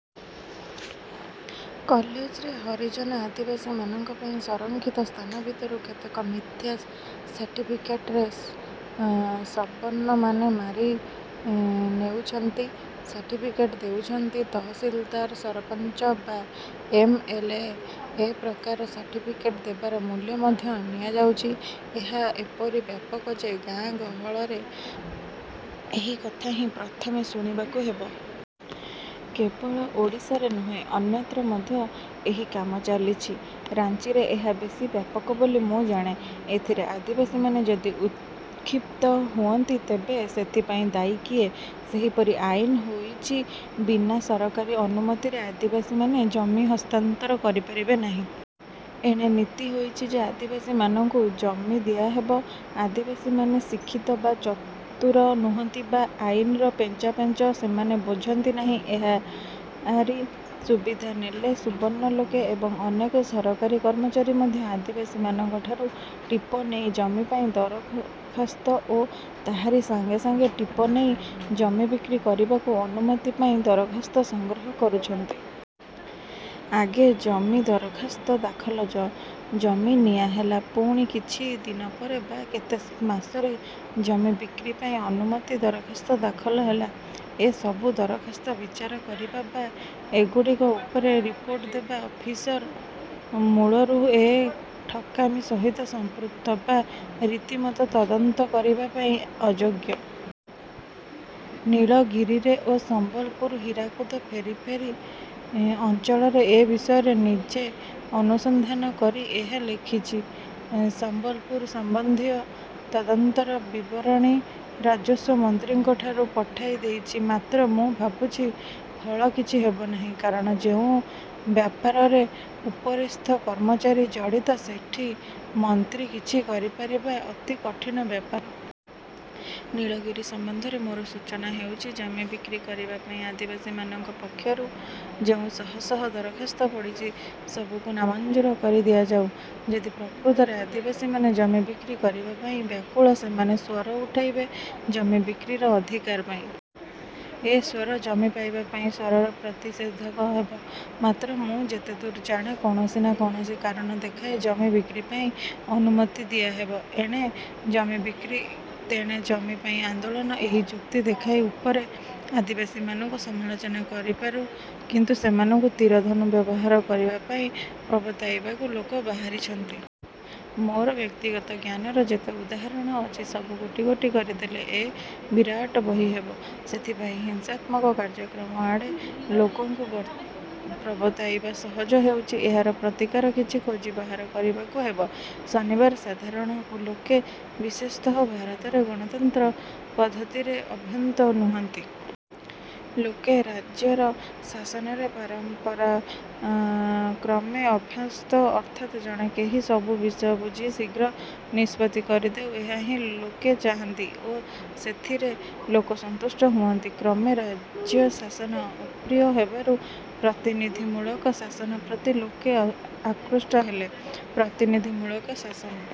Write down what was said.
କଲେଜରେ ହରିଜନ ଆଦିବାସୀମାନଙ୍କ ପାଇଁ ସଂରକ୍ଷିତ ସ୍ଥାନ ଭିତରୁ କେତେକ ମିଥ୍ୟା ସାର୍ଟିଫିକେଟରେ ସବର୍ଣ୍ଣମାନେ ମାରି ନେଉଛନ୍ତି। ସାର୍ଟିଫିକେଟ ଦେଉଛନ୍ତି ତହସିଲଦାର, ସରପଞ୍ଚ ବା ଏମ. ଏଲ. ଏ.। ଏ ପ୍ରକାର ସାର୍ଟିଫିକେଟ ଦେବାର ମୂଲ୍ୟ ମଧ୍ୟ ନିଆହେଉଛି। ଏହା ଏପରି ବ୍ୟାପକ ଯେ ଗାଁ ଗହଳରେ ଏହି କଥା ହିଁ ପ୍ରଥମେ ଶୁଣିବାକୁ ହେବ। କେବଳ ଓଡ଼ିଶାରେ ନୁହେଁ ଅନ୍ୟତ୍ର ମଧ୍ୟ ଏହି କାମ ଚାଲିଛି। ରାଞ୍ଚିରେ ଏହା ବେଶି ବ୍ୟାପକ ବୋଲି ମୁଁ ଜାଣେ। ଏଥିରେ ଆଦିବାସୀମାନେ ଯଦି ଉତ୍କ୍ଷିପ୍ତ ହୁଅନ୍ତି, ତେବେ ସେଥିପାଇଁ ଦାୟୀ କିଏ? ସେହିପରି ଆଇନ ହୋଇଛି ବିନା ସରକାରୀ ଅନୁମତିରେ ଆଦିବାସୀମାନେ ଜମି ହସ୍ତାନ୍ତର କରିପାରିବେ ନାହିଁ। ଏଣେ ନୀତି ହୋଇଛି ଯେ ଆଦିବାସୀମାନଙ୍କୁ ଜମି ଦିଆହେବ। ଆଦିବାସୀମାନେ ଶିକ୍ଷିତ ବା ଚତୁର ନୁହନ୍ତି ବା ଆଇନର ପେଞ୍ଚପାଞ୍ଚ ସେମାନେ ବୁଝନ୍ତିନାହିଁ। ଏହାରି ସୁବିଧା ନେଲେ ସବର୍ଣ୍ଣ ଲୋକେ ଏବଂ ଅନେକ ସରକାରୀ କର୍ମଚାରୀ ମଧ୍ୟ ଆଦିବାସୀମାନଙ୍କଠାରୁ ଟିପ ନେଇ ଜମିପାଇଁ ଦରଖାସ୍ତ ଓ ତାହାରି ସାଙ୍ଗେ ସାଙ୍ଗେ ଟିପ ନେଇ ଜମି ବିକ୍ରି କରିବାକୁ ଅନୁମତି ପାଇଁ ଦରଖାସ୍ତ ସଂଗ୍ରହ କରୁଛନ୍ତି। ଆଗେ ଜମି ଦରଖାସ୍ତ ଦାଖଲ ଜମି ନିଆହେଲା, ପୁଣି କିଛି ଦିନପରେ ବା କେତେ ମାସରେ ଜମି ବିକ୍ରି ପାଇଁ ଅନୁମତି ଦରଖାସ୍ତ ଦାଖଲ ହେଲା। ଏସବୁ ଦରଖାସ୍ତ ବିଚାର କରିବା ବା ଏଗୁଡ଼ିକ ଉପରେ ରିପୋର୍ଟ ଦେବା ଅଫିସର ମୂଳରୁ ଏ ଠକାମି ସହିତ ସଂପୃକ୍ତ ବା ରୀତିମତ ତଦନ୍ତ କରିବାପାଇଁ ଅଯୋଗ୍ୟ। ନୀଳଗିରିରେ ଓ ସମ୍ବଲପୁର ହୀରାକୁଦ ଫେରିଫେରି ଅଞ୍ଚଳରେ ଏ ବିଷୟରେ ନିଜେ ଅନୁସନ୍ଧାନ କରି ଏହା ଲେଖିଛି। ସମ୍ବଲପୁର ସମ୍ବନ୍ଧୀୟ ତଦନ୍ତର ବିବରଣୀ ରାଜସ୍ୱ ମନ୍ତ୍ରୀଙ୍କଠାକୁ ପଠାଇ ଦେଇଛି; ମାତ୍ର ମୁଁ ଭାବୁଛି ଫଳ କିଛି ହେବନାହିଁ। କାରଣ ଯେଉଁ ବ୍ୟାପାରରେ ଉପରିସ୍ଥ କର୍ମଚାରୀ ଜଡ଼ିତ ସେଠି ମନ୍ତ୍ରୀ କିଛି କରି ପାରିବା ଅତି କଠିନ ବ୍ୟାପାର। ନୀଳଗିରି ସମ୍ବନ୍ଧରେ ମୋର ସୂଚନା ହେଉଛି, ଜମି ବିକ୍ରି କରିବାପାଇଁ ଆଦିବାସୀମାନଙ୍କ ପକ୍ଷରୁ ଯେଉଁ ଶହ ଶହ ଦରଖାସ୍ତ ପଡ଼ିଛି,। ସବୁକୁ ନାମଞ୍ଜୁର କରି ଦିଆଯାଉ। ଯଦି ପ୍ରକୃତରେ ଆସିବାସୀମାନେ ଜମି ବିକ୍ରି କରିବାପାଇଁ ବ୍ୟାକୁଳ, ସେମାନେ ସ୍ୱର ଉଠାଇବେ ଜମି ବିକ୍ରିର ଅଧିକାର ପାଇଁ। ଏ ସ୍ୱର ଜମି ପାଇବାପାଇଁ ସ୍ୱରର ପ୍ରତିଷେଧକ ହେବ; ମାତ୍ର ମୁଁ ଯେତେଦୂର ଜାଣେ କୌଣସି ନାଁ କୌଣସି କାରଣ ଦେଖାଇ ଜମି ବିକ୍ରି ପାଇଁ ଅନୁମତି ଦିଆହେବ-। ଏଣେ ଜମି ବିକ୍ରି, ତେଣେ ଜମି ପାଇଁ ଆନ୍ଦୋଳନ ଏହି ଯୁକ୍ତି ଦେଖାଇ ଉପରେ ଆଦିବାସୀମାନଙ୍କୁ ସମାଲୋଚନା କରିପାରୁ; କିନ୍ତୁ ସେମାନଙ୍କୁ ତୀର ଧନୁ ବ୍ୟବହାର କରିବାପାଇଁ ପ୍ରବର୍ତ୍ତାଇବାକୁ ଲୋକ ବାହାରିଛନ୍ତି। ମୋର ବ୍ୟକ୍ତିଗତ ଜ୍ଞାନର ଯେତେ ଉଦାହରଣ ଅଛି, ସବୁ ଗୋଟି ଗୋଟି କରି ଦେଲେ ଏକ ବିରାଟ ବହିହେବ। ସେଥିପାଇଁ ହିଂସାତ୍ମକ କାର୍ଯ୍ୟକ୍ରମଆଡ଼େ ଲୋକଙ୍କୁ ପ୍ରବର୍ତ୍ତାଇବା ସହଜ ହେଉଛି। ଏହାର ପ୍ରତିକାର କିଛି ଖୋଜି ବାହାର କରିବାକୁ ହେବ। ଶନିବାର ସାଧାରଣ ଲୋକେ, ବିଶେଷତଃ ଭାରତରେ ଗଣତନ୍ତ୍ର ପଦ୍ଧତିରେ ଅଭ୍ୟସ୍ତ ନୁହନ୍ତି। ଲୋକେ ରାଜ୍ୟର ଶାସନରେ ପରମ୍ପରାକ୍ରମେ ଅଭ୍ୟସ୍ତ। ଅର୍ଥାତ୍ ଜଣେ କେହି ସବୁ ବିଷୟ ବୁଝି ଶୀଘ୍ର ନିଷ୍ପତ୍ତି କରିଦେଉ, ଏହା ହିଁ ଲୋକେ ଚାହାନ୍ତି ଓ ସେଇଥିରେ ଲୋକେ ସନ୍ତୁଷ୍ଟ ହୁଅନ୍ତି। କ୍ରମେ ରାଜ୍ୟଶାସନ ଅପ୍ରିୟ ହେବାରୁ ପ୍ରତିନିଧିମୂଳକ ଶାସନ ପ୍ରତି ଲୋକେ ଆକୃଷ୍ଟ ହେଲେ। ପ୍ରତିନିଧିମୂଳକ ଶାସନ